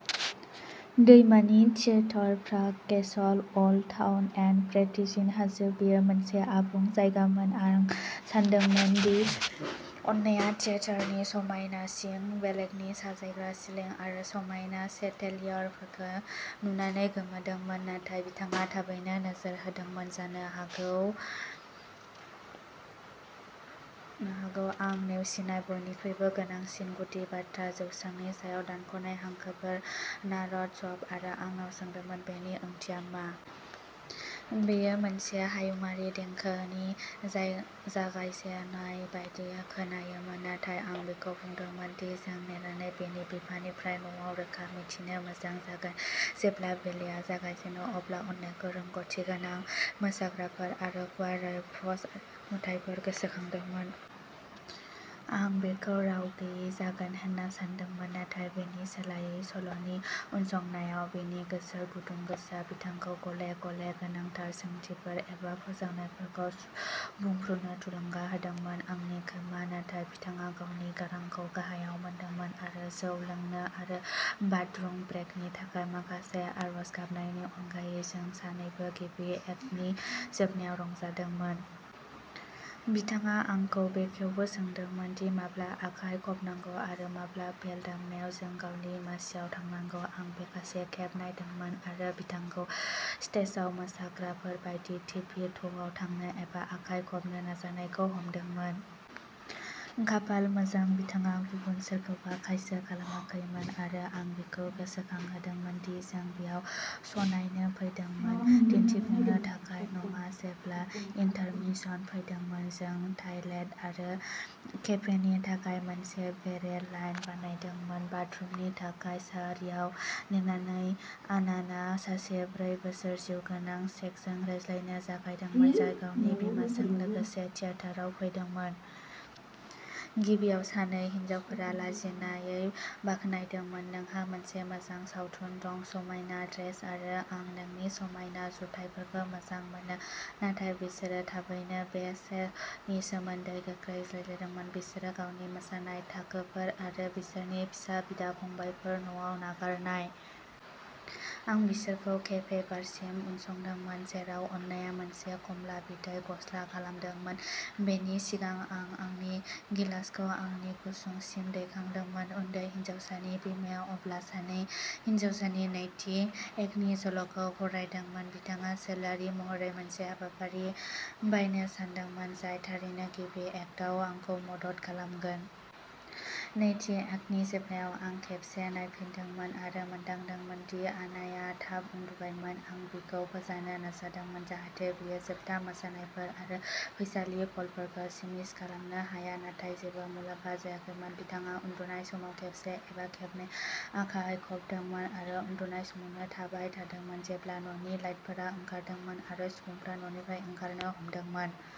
दैमानि theatre, Prague Castle, Old Town आरो Petrin हाजो, बेयो मोनसे आबुं जायगामोन। आं सानदोंमोन दि आननाया थियेटारनि समायना सिं, बेलकनि, साजायग्रा सिलिं आरो समायना सेन्डेलियारफोरखौ नुनानै गोमोदोंमोन। नाथाय बिथाङा थाबैनो नोजोर होदोंमोन, जानो हागौ आं नेवसिनाय बयनिख्रुइबो गोनांसिन गुदि बाथ्रा, जौसांनि सायाव दानख'नाय हांखोफोर, नार'ड सब आरो आंनाव सोंदोंमोन बेनि ओंथिया मा। बेयो मोनसे हायुङारि देंखोनि जागायजे ननाय बायदि खोनायोमोन, नाथाय आं बिखौ बुंदोंमोन दि जों नेनानै बिनि बिफानिफ्राय न'आव रोखा मिथिनो मोजां जागोन। जेब्ला बेलेआ जागायजेनो, अब्ला आननाखौ रोंग'थिगोनां मोसाग्राफोर आरो गुवारै प्रप्स आरो नुथायफोरा गोसोखांदोंमोन। आं बेखौ राव गैयै जागोन होनना सानदोंमोन, नाथाय बेनि सोलायै, सल'नि उनसंनायाव बिनि गोसो गुदुं गोसोआ बिथांखौ गले गले गोनांथार सोंथिफोर एबा फोसावनायफोरखौ बुंफ्रुनो थुलुंगा होदोंमोन। आंनि खोमा। नाथाय बिथाङा गावनि गारांखौ गाहायाव दोनदोंमोन आरो जौ लोंनो आरो बाथरुम ब्रेकनि थाखाय माखासे आर'ज गाबनायनि अनगायै, जों सानैबो गिबि एक्टनि जोबनायाव रंजादोंमोन। बिथाङा आंखौ बेखौबो सोंदोंमोन दि माब्ला आखाइ खबनांगौ आरो माब्ला बेल दामनायाव जों गावनि मासिआव थांनांगौ। आं माखासे खेब नायदोंमोन आरो बिथांखौ स्टेजआव मोसाग्राफोर बायदि टिपी ट'आव थांनो एबा आखाइ खबनो नाजानायखौ हमदोंमोन। खाफाल मोजां, बिथाङा गुबुन सोरखौबा खायसो खालामाखैमोन आरो आं बिखौ गोसोखांहोदोंमोन दि जों बेयाव श'नायनो फैदोंमोन, दिन्थिफुंनो थाखाय नङा। जेब्ला इन्टारमिशन फैदोंमोन, जों टायलेट आरो केफेनि थाखाय मोनसे बेरे लाइन बानायदोंमोन। बाथरुमनि थाखाय सारियाव नेनानै, आननाआ सासे ब्रै बोसोरनि जिउगोनां चेकजों रायज्लायनो जागायदोंमोन, जाय गावनि बिमाजों लोगोसे थियेटाराव फैदोंमोन। गिबियाव, सानै हिनजावफोरा लाजिनायै बाखनायदोंमोन, नोंहा मोनसे मोजां सावथुन दं। समायना ड्रेस आरो आं नोंनि समायना जुथाफोरखौ मोजां मोनो, नाथाय बिसोरो थाबैनो बे श'नि सोमोन्दै गोख्रै रायज्लायदोंमोन, बिसोरनि गावनि मोसानाय थाखोफोर आरो बिसोरनि फिसा बिदा-फंबायफोर, न'आव नागारनाय। जों बिसोरखौ केफे बारसिम उनसंदोंमोन, जेराव आनाया मोनसे खमला बिदै गस्ला खालामदोंमोन, बेनि सिगां आं आंनि गिलासखौ आंनि गुसुंसिम दैखांदोंमोन। उन्दै हिनजावसानि बिमाया अब्ला सानै हिनजावसानि नैथि एक्टनि सल'खौ फरायदोंमोन। बिथाङा सोलोआरि महरै मोनसे हाबाफारि बायनो सानदोंमोन, जाय थारैनो गिबि एक्टआव आंखौ मदद खालामगोन। नैथि एक्टनि जोबनायाव, आं खेबसे नायफिनदोंमोन आरो मोनदांदोंमोन दि आनाया थाब उन्दुबायमोन। आं बिखौ फोजानो नाजादोंमोन जाहाथे बियो जोबथा मोसानायफोर आरो फैसालि कलफोरखौ मिस खालामनो हाया, नाथाय जेबो मुलाम्फा जायाखैमोन। बिथाङा उन्दुनाय समाव खेबसे एबा खेबनै आखाइ खबदोंमोन आरो उन्दुनाय समावनो थाबाय थादोंमोन, जेब्ला न'नि लाइटफोरा ओंखारदोंमोन आरो सुबुंफोरा न'निफ्राय ओंखारनो हमदोंमोन।